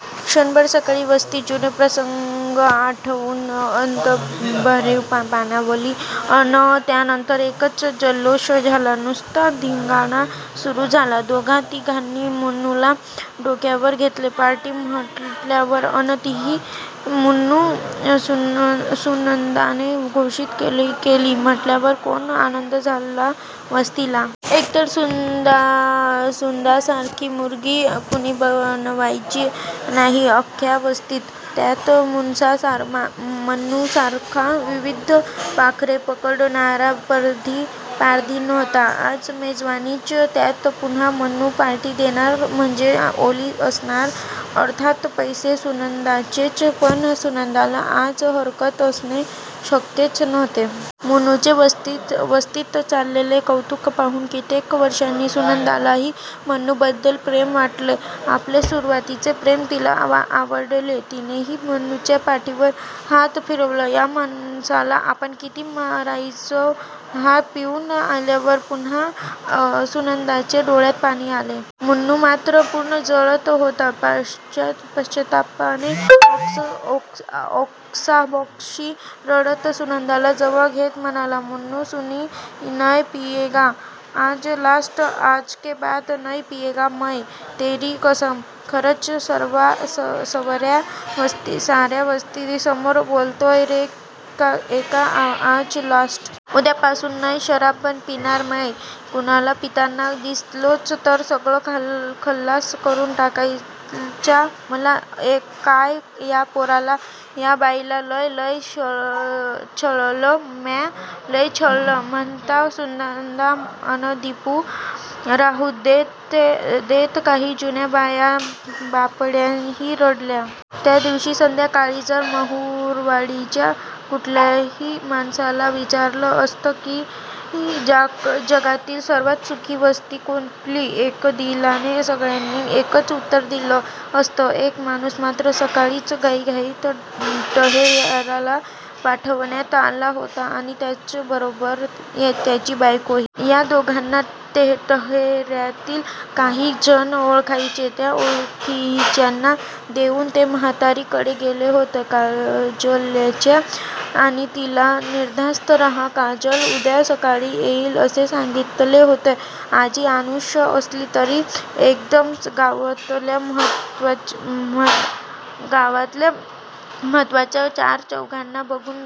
क्षणभर सगळी वस्ती जुने प्रसंग आठवून अंतर्बाह्य पाणावली. अन त्यानंतर एकच जल्लोष झाला. नुसता धिंगाणा सुरू झाला. दोघातिघांनी मन्नूला डोक्यावर घेतले. पार्टी म्हंटल्यावर अन तीही मन्नू, सुनंदाने घोषित केली म्हंटल्यावर कोण आनंद झाला वस्तीला. एकतर सुनंदासारखी मुर्गी कुणी बनवायचे नाही अख्ख्या वस्तीत! त्यात मन्नूसारखा विविध पाखरे पकडणारा पारधी नव्हता. आज मेजवानीच! त्यात पुन्हा मन्नू पार्टी देणार म्हणजे ओली असणार! अर्थात, पैसे सुनंदाचेच! पण सुनंदाला आज हरकत असणे शक्यच नव्हते. मन्नूचे वस्तीत चाललेले कौतूक पाहून कित्येक वर्षांनी सुनंदालाही मन्नूबद्दल प्रेम वाटले. आपले सुरुवातीचे प्रेम तिला आठवले. तिनेही मन्नूच्या पाठीवरून हात फिरवला. या माणसाला आपण किती मारायचो हा पिऊन आल्यावर! पुन्हा सुनंदाच्या डोळ्यात पाणी आले. मन्नू मात्र पूर्ण जळत होता पश्चात्तापाने. ओक्साबोक्शी रडत सुनंदाला जवळ घेत म्हणाला. मन्नू सुनी नय पियेंगा. आज लास्ट. आजके बाद नय पियेंगा मय. तेरी कसम. खरच. सर्व्या वस्तीसमोर बोलतोय रे. ऐका. आज लास्ट. उद्यापासून नय शराब पिणार मय. कुनाला पिताना दिसलोच तर सरळ खल्लास करून टाकायचा मला काय या पोराला, या बाईला लय लय छळलं म्या. 'लय छळलं' म्हणता सुनंदा अन दिपू राहूदेत. काही जुन्या बायाबापड्याही रडल्या. त्या दिवशी संध्याकाळी जर महुरवाडीच्या कुठल्याही माणसाला विचारलं असतं की जगातील सर्वात सुखी वस्ती कुठली? एकदिलाने सगळ्यांनी एकच उत्तर दिलं असतं! एक माणूस मात्र सकाळीच घाईघाईत टहेर्याला पाठवण्यात आला होता आणि त्याच्या बरोबर त्याची बायकोही. या दोघांना टहेर्यातील काही जण ओळखायचे. त्या ओळखीच्यांना घेऊन ते म्हातारीकडे गेले होते काजलच्या आणि तिला निर्धास्त रहा, काजल उद्या सकाळी येईल असे सांगीतले होते. आजी नाखुष असली तरी एकदम गावातल्या महत्वाच्या चारचौघांना बघून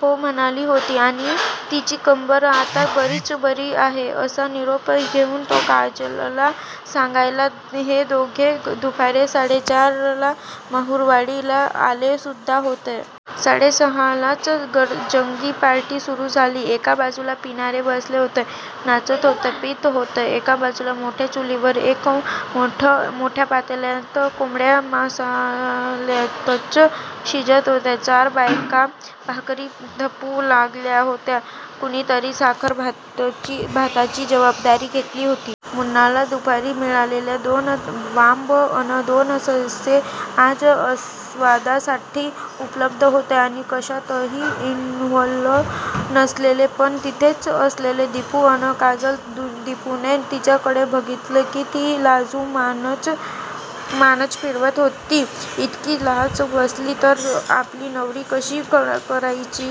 हो म्हणाली होती आणि तिची कंबर आता बरीच बरी आहे असा निरोप घेऊन तो काजलला सांगायला हे दोघे दुपारी साडे चारला महुरवाडीला आले सुद्धा होते. साडे सहालाच जंगी पार्टी सुरू झाली. एका बाजूला पिणारे बसले होते. नाचत होते. पीत होते. एका बाजूला मोठ्या चुलीवर एका मोठ्या पातेल्यात कोंबड्या मसाल्यातच शिजत होत्या. चार बायका भाकरी थापू लागल्या होत्या. कुणीतरी साखरभाताची जबाबदारी घेतली होती. मन्नूला दुपारी मिळालेल्या दोन वांब अन दोन ससे आज आस्वादासाठी उपलब्ध होते आणि कशातही इन्व्हॉल्व्ह नसलेले पण तिथेच असलेले दिपू अन काजल, दिपूने तिच्याकडे बघितले की ती लाजून मानच फिरवत होती. इतकी लाजत बसली तर आपली नवरी कशी करायची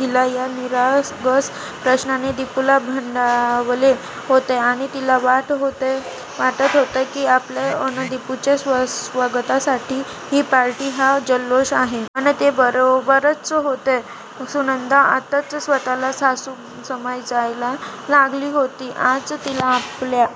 हिला या निरागस प्रश्नाने दिपूला भंडावले होते आणि तिला वाटत होते की आपल्या अन दिपूच्या स्वागतासाठी ही पार्टी, हा जल्लोष आहे. अन ते बरोबरच होते. सुनंदा आत्ताच स्वतःला सासू समजायला लागली होती. आज तिला आपल्या